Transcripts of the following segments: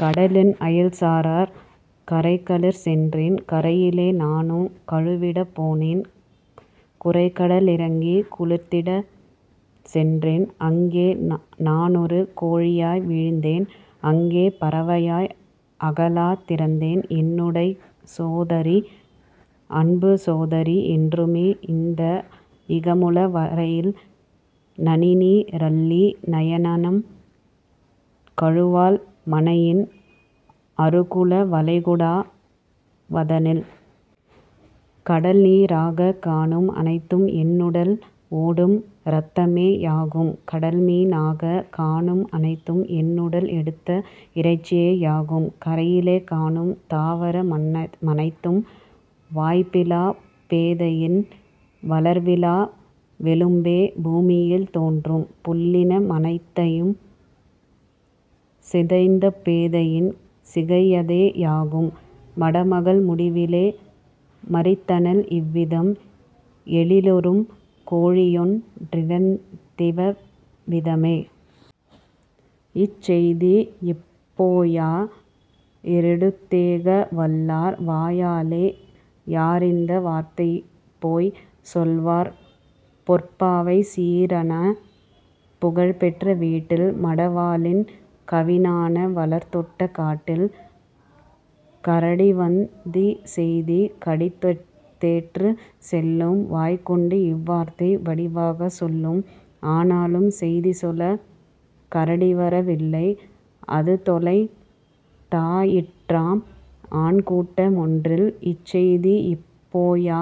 கடலின் அயல்சார் கரைகளிற் சென்றேன். கரையிலே நானும் கழுவிடப் போனேன் குரைகடல் இறங்கிக் குளித்திடச் சென்றேன் அங்கே நானொரு கோழியாய் வீழ்ந்தேன் அங்கே பறவையாய் அகாலத் திறந்தேன் என்னுடைச் சோதரி அன்புச் சோதரி என்றுமே இந்த இகமுள வரையில் நனிநீ ரள்ளி நயனம் கழுவாள் மனையின் அருகுள வளைகுடா வதனில். கடல்நீ ராகக் காணும் அனைத்தும் என்னுடல் ஓடும் இரத்தமே யாகும் கடல்மீ னாகக் காணும் அனைத்தும் என்னுடல் எடுத்த இறைச்சியே யாகும் கரையிலே காணும் தாவர மனைத்தும் வாய்ப்பிலாப் பேதையின் வளர்விலா வெலும்பே பூமியில் தோன்றும் புல்லின மனைத்தும் சிதைந்த பேதையின் சிகையதே யாகும். " மடமகள் முடிவிலே மரித்தனள் இவ்விதம் எழிலுறும் கோழியொன் றிறந்ததிவ் விதமே. இச்செய்தி யிப்போயா ரெடுத்தேக வல்லார் வாயாலே யாரிந்த வார்த்தைபோய்ச் சொல்வார் பொற்பாவை சீரான புகழ்பெற்ற வீட்டில் மடவாளின் கவினான வளர்தோட்டக் காட்டில்? கரடிவந் திச்செய்தி கடிதேற்றுச் செல்லும் வாய்கொண்டு இவ்வார்த்தை வடிவாகச் சொல்லும் ஆனாலும் செய்திசொலக் கரடிவர வில்லை அதுதொலைந் தாயிற்றாம் ஆன்கூட்ட மொன்றில். இச்செய்தி யிப்போயா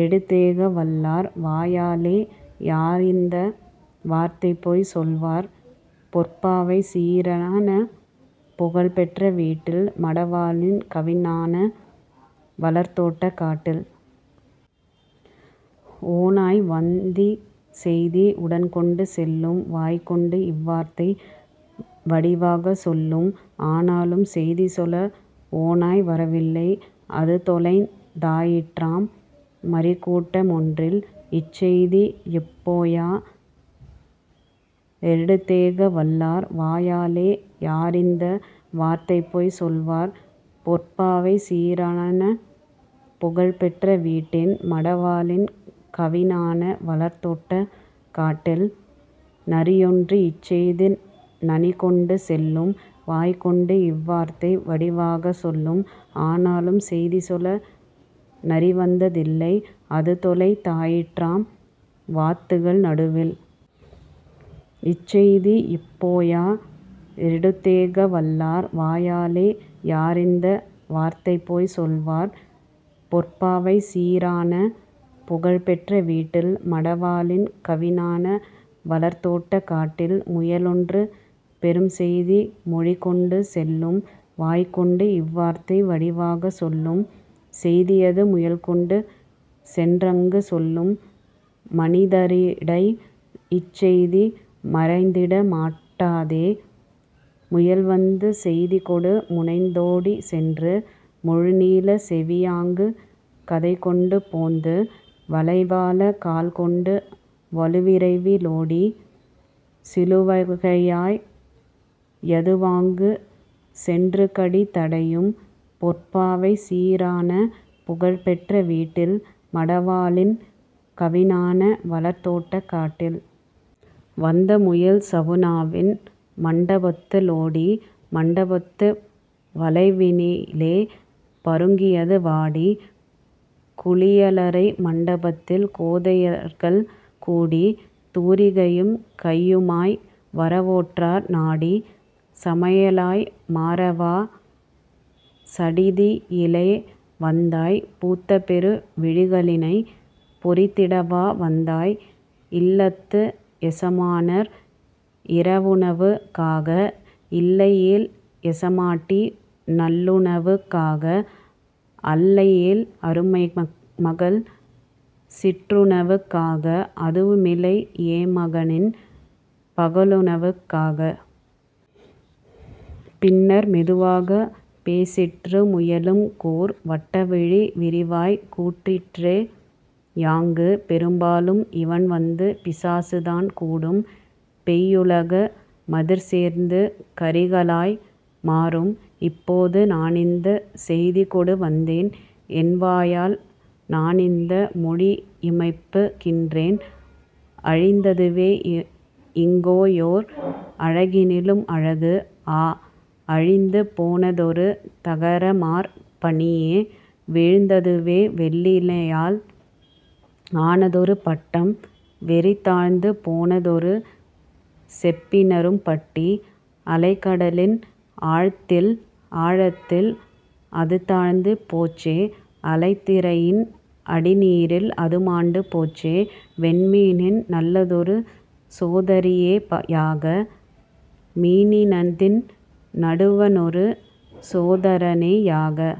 ரெடுத்தேக வல்லார் வாயாலே யாரிந்த வார்த்தைபோய்ச் சொல்வார் பொற்பாவை சீரான புகழ்பெற்ற வீட்டில் மடவாளின் கவினான வளர்தோட்டக் காட்டில்? ஓநாய்வந் திச்செய்தி உடன்கொண்டு செல்லும் வாய்கொண்டு இவ்வார்த்தை வடிவாகச் சொல்லும் ஆனாலும் செய்திசொல ஓநாய்வர வில்லை அதுதொலைந் தாயிற்றாம் மறிக்கூட்ட மொன்றில். இச்செய்தி யிப்போயா ரெடுத்தேக வல்லார் வாயாலே யாரிந்த வார்த்தைபோய்ச் சொல்வார் பொற்பாவை சீரான புகழ்பெற்ற வீட்டில் மடவாளின் கவினான வளர்தோட்டக் காட்டில்? நரியொன்று இச்செய்தி நனிகொண்டு செல்லும் வாய்கொண்டு இவ்வார்த்தை வடிவாகச் சொல்லும் ஆனாலும் செய்திசொல நரிவந்த தில்லை அதுதொலைந் தாயிற்றாம் வாத்துக்கள் நடுவில். இச்செய்தி யிப்போயா ரெடுத்தேக வல்லார் வாயாலே யாரிந்த வார்த்தைபோய்ச் சொல்வார் பொற்பாவை சீரான புகழ்பெற்ற வீட்டில் மடவாளின் கவினான வளர்தோட்டக் காட்டில்? முயலொன்று பெறும்செய்தி மொழிகொண்டு செல்லும் வாய்கொண்டு இவ்வார்த்தை வடிவாகச் சொல்லும் செய்தியது முயல்கொண்டு சென்றங்கு சொல்லும்: "மனிதரிடை இச்செய்தி மறைந்திட மாட்டாதே. " முயல்வந்து செய்திகொடு முனைந்தோடிச் சென்று 'முழுநீளச் செவி' யாங்கு கதைகொண்டு போந்து வளைவான கால்கொண்டு வலுவிரைவி லோடி 'சிலுவைவாய்' யதுவாங்கு சென்றுகடி தடையும் பொற்பாவை சீரான புகழ்பெற்ற வீட்டில் மடவாளின் கவினான வளர்தோட்டக் காட்டில். வந்தமுயல் சவுனாவின் மண்டபத்து ளோடி மண்டபத்து வளைவினிலே பருங்கியது வாடி. குளியலறை மண்டபத்தில் கோதையர்கள் கூடி தூரிகையும் கையுமாய் வரவேற்றார் நாடி: "சமையலாய் மாறவா சடிதியிலே வந்தாய் பூத்தபெரு விழிகளினைப் பொரித்திடவா வந்தாய் இல்லத்து எசமானர் இரவுணவுக் காக இல்லையேல் எசமாட்டி நல்லுணவுக் காக அல்லையேல் அருமைமகள் சிற்றுணவுக் காக அதுவுமிலை யேல்மகனின் பகலுணவுக் காக? " பின்னர் மெதுவாகப் பேசிற்று முயலும் கூர் 'வட்ட விழி' விரிவாய்க் கூறிற்றே யாங்கு: "பெரும்பாலும் இவண்வந்து பிசாசுதான் கூடும் பெய்யுகல மதிற்சேர்ந்து கறிகளாய் மாறும்; இப்போது நானிந்தச் செய்திகொடு வந்தேன் என்வாயால் நானிந்த மொழியியம்பு கின்றேன். அழிந்ததுவே இங்கோயோர் அழகினிலும் அழகு ஆ, அழிந்து போனதொரு தகரமார் பணியே வீழ்ந்ததுவே வெள்ளியினால் ஆனதொரு பட்டம் வெறிதாழ்ந்து போனதொரு செப்பினரும் பட்டி அலைகடலின் ஆழத்தில் அதுதாழ்ந்து போச்சே அலைதிரையின் அடிநீரில் அதுமாண்டு போச்சே வெண்மீனின் நல்லதொரு சோதரியே யாக மீனினத்தின் நடுவணொரு சோதரனே யாக.